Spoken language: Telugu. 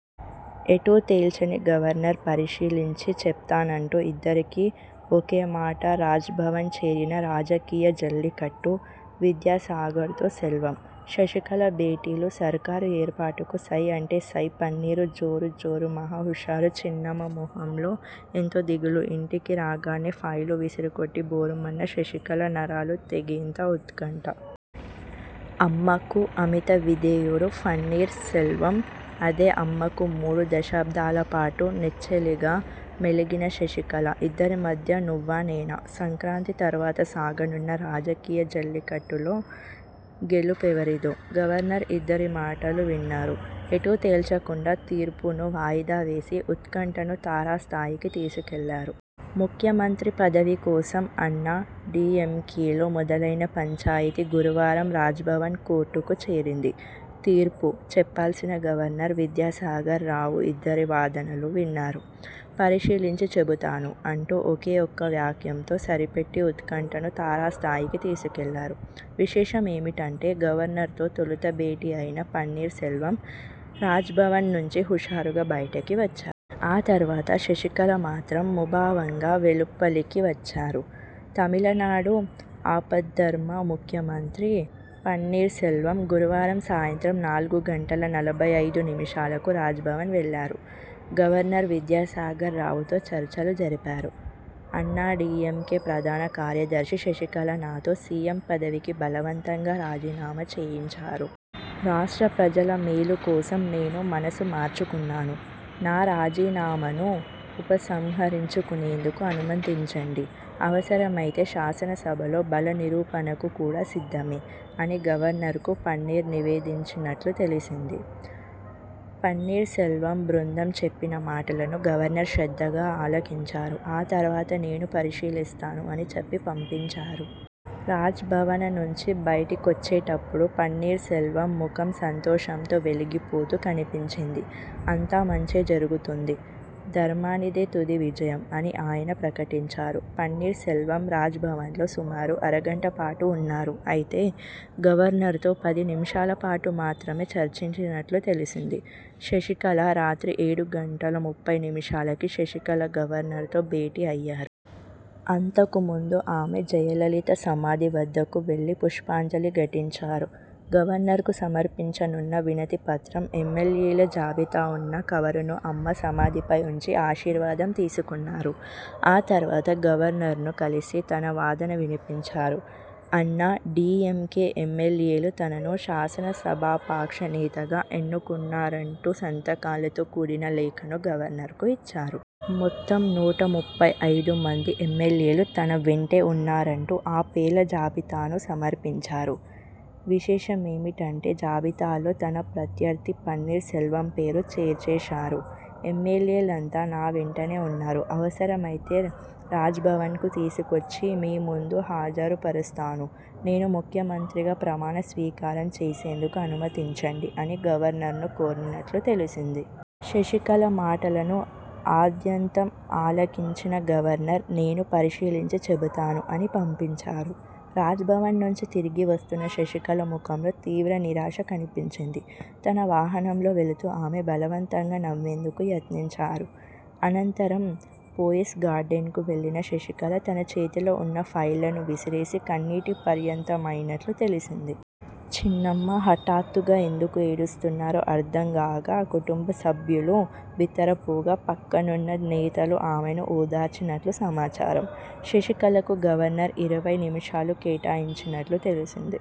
ఎటూ తేల్చని గవర్నర్ పరిశీలించి చెప్తానంటూ ఇద్దరికీ ఒకే మాటరాజ్భవన్ చేరిన 'రాజకీయ జల్లికట్టు' విద్యాసాగర్తో సెల్వం, శశికళ భేటీలు సర్కారు ఏర్పాటుకు సై అంటే సై పన్నీరు జోరు జోరు మహా హుషారు చిన్నమ్మ మొహంలో ఎంతో దిగులు ఇంటికి రాగానే ఫైళ్లు విసిరికొట్టి భోరుమన్న శశికళ నరాలు తెగేంత ఉత్కంఠ! 'అమ్మ'కు అమిత విధేయుడు పన్నీర్ సెల్వం అదే అమ్మకు మూడు దశాబ్దాలపాటు నెచ్చెలిగా మెలిగిన శశికళ! ఇద్దరి మధ్య నువ్వానేనా! సంక్రాంతి తర్వాత సాగనున్న 'రాజకీయ జల్లికట్టు'లో గెలుపెవరిదో! గవర్నర్ ఇద్దరి మాటలూ విన్నారు. ఎటూ తేల్చకుండా 'తీర్పు'ను వాయిదా వేసి ఉత్కంఠను తారస్థాయికి తీసుకెళ్లారు! ముఖ్యమంత్రి పదవి కోసం అన్నా డీఎంకేలో మొదలైన పంచాయితీ గురువారం రాజ్భవన్ 'కోర్టు'కు చేరింది. 'తీర్పు' చెప్పాల్సిన గవర్నర్ విద్యాసాగర్ రావు ఇద్దరి వాదనలు విన్నారు. 'పరిశీలించి చెబుతాను' అంటూ ఒకే ఒక్క వాక్యంతో సరిపెట్టి ఉత్కంఠను తారస్థాయికి తీసుకెళ్లారు. విశేషం ఏమిటంటే గవర్నర్తో తొలుత భేటీ అయిన పన్నీర్ సెల్వం రాజ్భవన్ నుంచి హుషారుగా బయటికి వచ్చా. ఆ తర్వాత శశికళ మాత్రం ముభావంగా వెలుపలికి వచ్చారు. తమిళనాడు ఆపద్ధర్మ ముఖ్యమంత్రి పన్నీర్సెల్వం గురువారం సాయంత్రం నాలుగు గంటల నలభై ఐదు నిమిషాలకు రాజ్భవన్ వెళ్లారు. గవర్నర్ విద్యాసాగర్ రావుతో చర్చలు జరిపారు. ''అన్నాడీఎంకే ప్రధాన కార్యదర్శి శశికళ నాతో సీఎం పదవికి బలవంతంగా రాజీనామా చేయించారు. రాష్ట్ర ప్రజల మేలు కోసం నేను మనసు మార్చుకున్నాను. నా రాజీనామను ఉపసంహరించుకునేందుకు అనుమతించండి. అవసరమైతే శాసనసభలో బల నిరూపణకు కూడా సిద్ధమే'' అని గవర్నర్కు పన్నీర్ నివేదించినట్లు తెలిసింది. పన్నీర్సెల్వం బృందం చెప్పిన మాటలను గవర్నర్ శ్రద్ధగా ఆలకించారు. ఆ తర్వాత'నేను పరిశీలిస్తాను' అని చెప్పి పంపించారు. రాజ్భవన నుంచి బయటికొచ్చేటప్పుడు పన్నీర్సెల్వం ముఖం సంతోషంతో వెలిగిపోతూ కనిపించింది. 'అంతా మంచే జరుగుతుంది. ధర్మానిదే తుది విజయం' అని ఆయన ప్రకటించారు. పన్నీర్ సెల్వం రాజ్భవన్లో సుమారు అరగంటపాటు ఉన్నారు. అయితే, గవర్నర్తో పది నిమిషాలపాటు మాత్రమే చర్చించినట్లు తెలిసింది. శశికళ రాత్రి ఏడు గంటల ముప్పై నిమిషాలకి శశికళ గవర్నర్తో భేటీ అయ్యారు. అంతకుముందు ఆమె జయలలిత సమాధి వద్దకు వెళ్లిపుష్పాంజలి ఘటించారు. గవర్నర్కు సమర్పించనున్న వినతిపత్రం, ఎమ్మెల్యేల జాబితా ఉన్న కవరును అమ్మ సమాధిపై ఉంచి ఆశీర్వాదం తీసుకున్నారు. ఆ తర్వాత గవర్నర్ను కలిసి తన వాదన వినిపించారు. అన్నా డీఎంకే ఎమ్మెల్యేలు తనను శాసనసభాపాక్ష నేతగా ఎన్నుకున్నారంటూసంతకాలతో కూడిన లేఖను గవర్నర్కు ఇచ్చారు. మొత్తం నూట ముప్పై ఐదు మంది ఎమ్మెల్యేలు తన వెంటే ఉన్నారంటూ ఆ పేర్ల జాబితాను సమర్పించారు. విశేషమేమిటంటే జాబితాలో తన ప్రత్యర్థి పన్నీర్ సెల్వం పేరూ చేర్చేశారు. ''ఎమ్మెల్యేలంతా నా వెంటనే ఉన్నారు. అవసరమైతే రాజ్భవన్కు తీసుకొచ్చి మీముందు హాజరుపరుస్తాను. నేను ముఖ్యమంత్రిగా ప్రమాణ స్వీకారం చేసేందుకు అనుమతించండి'' అని గవర్నర్ను కోరినట్లు తెలిసింది. శశికళ మాటలను ఆద్యంతం ఆలకించిన గవర్నర్'నేను పరిశీలించి చెబుతాను' అని పంపించారు. రాజ్భవన్ నుంచి తిరిగి వస్తున్న శశికళ ముఖంలో తీవ్ర నిరాశ కనిపించింది. తన వాహనంలో వెళ్తూ ఆమె బలవంతంగా నవ్వేందుకు యత్నించారు. అనంతరం పోయెస్ గార్డెనకు వెళ్లిన శశికళ తన చేతిలో ఉన్న ఫైళ్లను విసిరేసి కన్నీటి పర్యంతమైనట్లు తెలిసింది. చిన్నమ్మ హఠాత్తుగా ఎందుకు ఏడుస్తున్నారో అర్థంగాక కుటుంబ సభ్యులు బిత్తరపోగా పక్కనున్న నేతలు ఆమెను ఓదార్చినట్లు సమాచారం. శశికళకు గవర్నర్ ఇరవై నిమిషాలు కేటాయించినట్లు తెలిసింది.